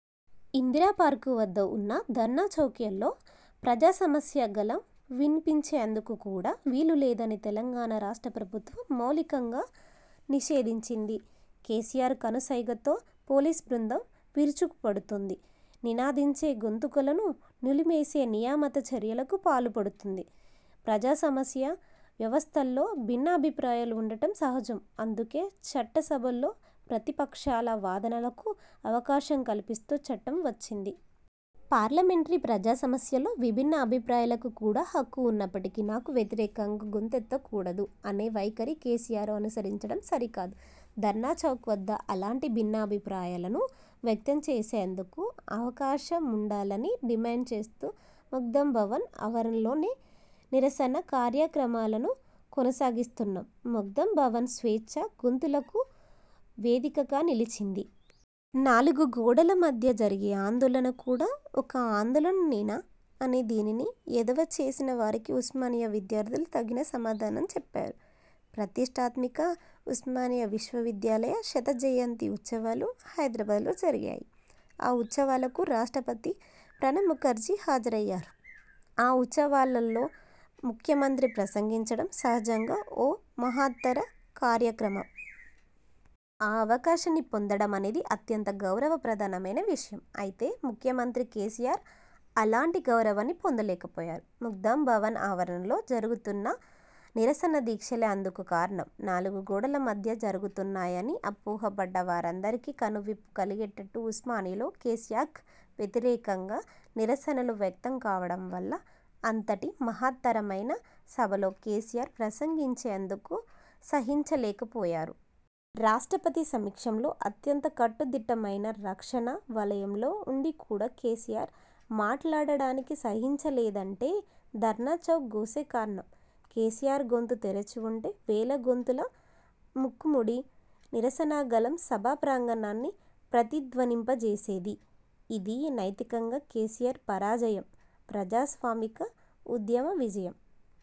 Indira park వద్ద ఉన్న ధర్నాచౌక్లో ప్రజాస్వామ్య గళం వినిపించేందుకు కూడా వీలు లేదని తెలంగాణ రాష్ట్ర ప్రభుత్వం మౌఖికంగా నిషేధించింది. కేసీఆర్ కనుసైగతో పోలీస్ బృందం విరుచుకుపడుతోంది. నినదించే గొంతుకలను నులిమేసే నియంత చర్యలకు పాల్పడింది. ప్రజాస్వామ్య వ్యవస్థలో భిన్నాభిప్రాయాలు ఉండటం సహజం. అందుకే చట్ట సభలలో ప్రతిపక్షాల వాదనలకు అవకాశం కల్పిస్తూ చట్టం వచ్చింది. పార్లమెంటరీ ప్రజాస్వామ్యంలో విభిన్న అభిప్రాయాలకు కూడా హక్కు ఉన్నప్పటికీ 'నాకు వ్యతిరేకంగా గొంతెత్త కూడదు' అనే వైఖరిని కేసీఆర్ అనుసరించడం సరికాదు. ధర్నాచౌక్ వద్ద అలాంటి భిన్నాభిప్రాయాలను వ్యక్తం చేసేందుకు అవకాశముండాలని డిమాండ్ చేస్తూ మఖ్దూం భవన్ ఆవరణలోనే నిరసన కార్యక్రమాలను కొనసాగిస్తున్నాం. మఖ్దూం భవన్ స్వేచ్ఛా గొంతులకు వేదికగా నిలిచింది. నాలుగు గోడల మధ్య జరిగే ఆందోళన కూడా ఒక ఆందోళననేనా? అని దీనిని ఎద్దేవా చేసిన వారికి ఉస్మానియా విద్యార్థులు తగిన సమాధానం చెప్పారు. ప్రతిష్టాత్మక ఉస్మానియా విశ్వవిద్యాలయ శత జయంతి ఉత్సవాలు హైదరాబాద్లో జరిగాయి. ఆ ఉత్సవాలకు రాష్ట్రపతి ప్రణబ్ముఖర్జి హాజరయ్యారు. ఆ ఉత్సవాలలో ముఖ్యమంత్రి ప్రసంగించడం సహజంగా ఒక మహత్తర కార్యక్రమం. ఆ అవకాశాన్ని పొందడమనేది అత్యంత గౌరవప్రదమైన విషయం. అయితే ముఖ్యమంత్రి కేసీఆర్ అలాంటి గౌరవాన్ని పొందలేకపోయారు. మఖ్దూం భవన్ ఆవరణలో జరుగుతున్న నిరసన దీక్షలే అందుకు కారణం. నాలుగు గోడల మధ్య జరుగుతున్నాయని అపోహబడ్డ వారందరికి కనువిప్పు కలిగేట్టు ఉస్మానియాలో కేసీఆర్కు వ్యతిరేకంగా నిరస నలు వ్యక్తం కావడం వల్ల అంతటి మహత్తరమైన సభలో కేసీఆర్ ప్రసంగించేందుకు సాహసించలేకపోయారు. రాష్ట్రపతి సమక్షంలో, అత్యంత కట్టుదిట్టమైన రక్షణ వలయంలో ఉండి కూడా కేసీఆర్ మాట్లాడానికి సాహసించలేదంటే ధర్నా చౌక్ గోసే కారణం. కేసీఆర్ గొంతు తెరిచివుంటే, వేలాదిగొంతుల మూకు మ్మడి నిరసన గళం సభా ప్రాంగణాన్ని ప్రతిధ్వనింపజేసేది. ఇది నైతికంగా కేసీఆర్ పరాజయం. ప్రజాస్వామిక ఉద్యమ విజయం.